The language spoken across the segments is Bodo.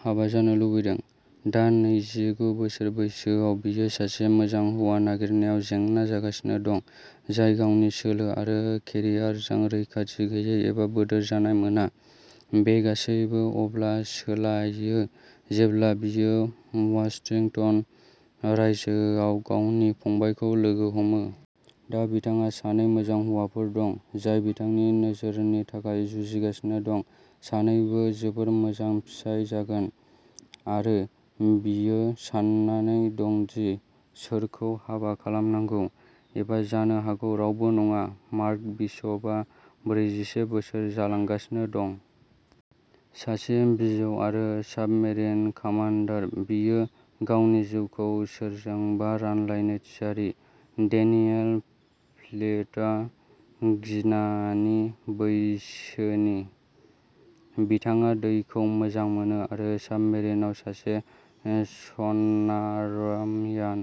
हाबा जानो लुबैदों। दा नैजिगु बोसोर बैसोआव बियो सासे मोजां हौवा नागिरनायाव जेंना जागासिनो दं, जाय गावनि सोलो आरो केरियारजों रैखाथि गैयै एबा बोदोर जानाय मोना। बे गासैबो अब्ला सोलायो जेब्ला बियो वाशिंटन रायजोआव गावनि फंबायखौ लोगो हमो। दा बिथांहा सानै मोजां हौवाफोर दं, जाय बिथांनि नोजोरनि थाखाय जुजिगासिनो दं। सानैबो जोबोद मोजां फिसाय जागोन आरो बियो सान्नानै दं दि सोरखौ हाबा खालामनांगौ एबा जानो हागौ रावबो नङा। मार्क बिशपआ ब्रैजिसे बोसोर जालांगासिनो दं। सासे बिजौ आरो साबमेरिन कामान्डार, बियो गावनि जिउखौ सोरजोंबा रानलायनो थियारि। डेनियेल फ्लिडआ गिनानि बैसोनि। बिथाङा दैखौ मोजां मोनो आरो साबमेरिनआव सासे सनारमियान।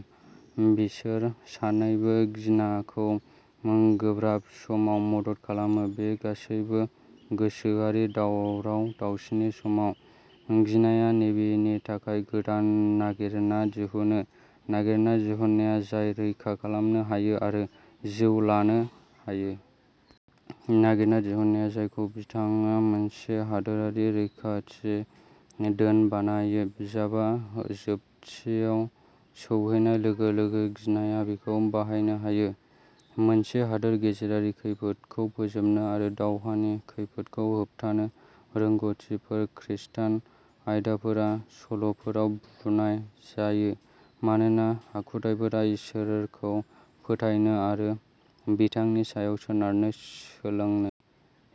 बिसोर सानैबो गिनाखौ गोब्राब समाव मदद खालामो। बे गासैबो गोसोआरि दावराव दावसिनि समाव गिनाया नेभिनि थाखाय गोदान नागिरना दिहुनो। नागिरना दिहुननाया जाय रैखा खालामनो हायो आरो जिउ लानो हायो। नागिरना दिहुननाया जायखौ बिथाङा मोनसे हादोरारि रैखाथि धोन बानायो। बिजाबआ जोबथियाव सौहैनाय लोगो लोगो गिनाया बिखौ बाहायनो हायो। मोनसे हादोर गेजेरारि खैफोदखौ फोजोबनो आरो दावहानि खैफोदखौ होबथानो रोंग'थिफोर। खृस्टान आयदाफोरा सल'फोराव बुनाय जायो। मानोना आखुथाइफोरा इसोरखौ फोथायनो आरो बिथांनि सायाव सोनारनो सोलोंनो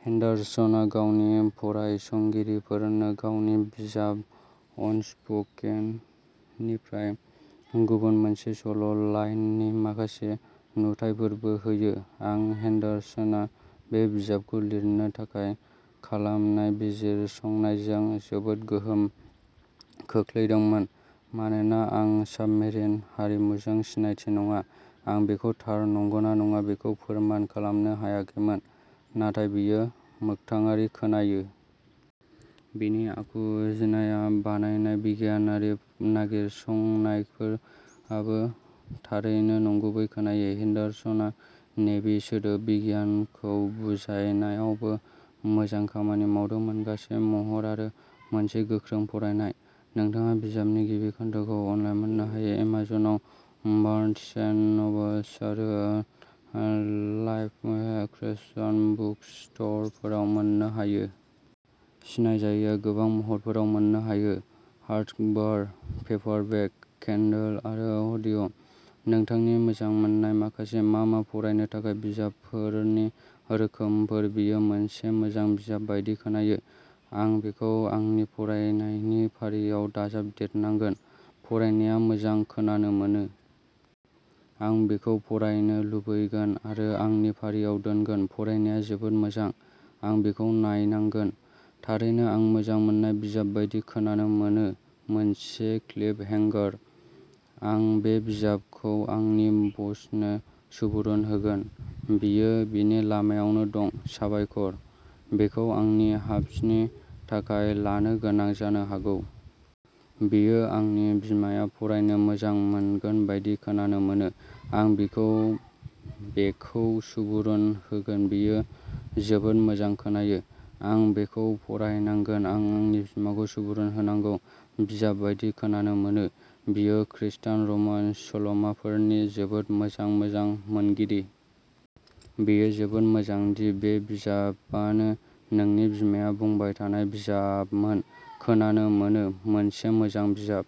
हेन्डारसनआ गावनि फरायसंगिरिफोरनो गावनि बिजाब अनस्प'केननिफ्राय गुबुन मोनसे सल' लाइननि माखासे नुथाइफोरबो होयो। आं हेन्डारसनआ बे बिजाबखौ लिरनो थाखाय खालामनाय बिजिरसंनायजों जोबोद गोहोम खोख्लैदोंमोन। मानोना आं साबमेरिनार हारिमुजों सिनायथि नङा। आं बेखौ थार नंगौना नङा बेखौ फोरमान खालामनो हायाखैमोन। नाथाय बेयो मोगथाङारि खोनायो। बिनि आखु जिनाआ बानायनाय बिगियानारि नागिरसंनायफोरआबो थारैनो नंगुबै खोनायो। हेन्डारसनआ नेभि सोदोबबिगियानखौ बुजायनायावबो मोजां खामानि मावदोंमोन। गासै महर आरो मोनसे गोख्रों फरायनाय। नोंथाङा बिजाबनि गिबि खोन्दोखौ अनलाइन मोननो हायो। एमेजनआव बार्न्स एन्ड न'बल्स ओ लाइफवे खृस्टान बुकस्ट'रफोराव मोननो हायो। सिनायजायैआ गोबां महरफोराव मोननो हायो। हार्डकभार, पेपारबेक, किन्डल आरो अडिय'। नोंथांनि मोजां मोननाय माखासे मा मा फरायनो थाखाय बिजाबफोरनि रोखोमफोर बेयो मोनसे मोजां बिजाब बायदि खोनायो। आं बेखौ आंनि फरायनायनि फारियाव दाजाबदेरनांगोन। फरायनाया मोजां खोनानो मोनो। आं बेखौ फरायनो लुबैगोन आरो आंनि फारियाव दोनगोन। फरायनाया जोबोद मोजां। आं बेखौ नायनांगोन। थारैनो आं मोजां मोन्नाय बिजाब बायदि खोनानो मोनो, मोनसे क्लिफ हेंगार। आं बे बिजाबखौ आंनि बसनो सुबुरुन होगोन। बेयो बिनि लामायावनो दं। साबायखर, बेखौ आंनि हाब्सनि थाखाय लानो गोनां जानो हागौ। बेयो आंनि बिमाया फरायनो मोजां मोनगोन बायदि खोनानो मोनो। आं बिखौ बेखौ सुबुरुन होगोन बेयो जोबोद मोजां खोनायो। आं बेखौ फरायनांगोन आं आंनि बिमाखौ सुबुरुन होनांगौ बिजाब बायदि खोनानो मोनो। बियो खृस्टान रमान्स सल'माफोरनि जोबोद मोजां मोजां मोनगिरि। बेयो जोबोद मोजां दि बे बिजाबानो नोंनि बिमाया बुंबाय थानाय बिजाबमोन, खोनानो मोनो मोनसे मोजां बिजाब।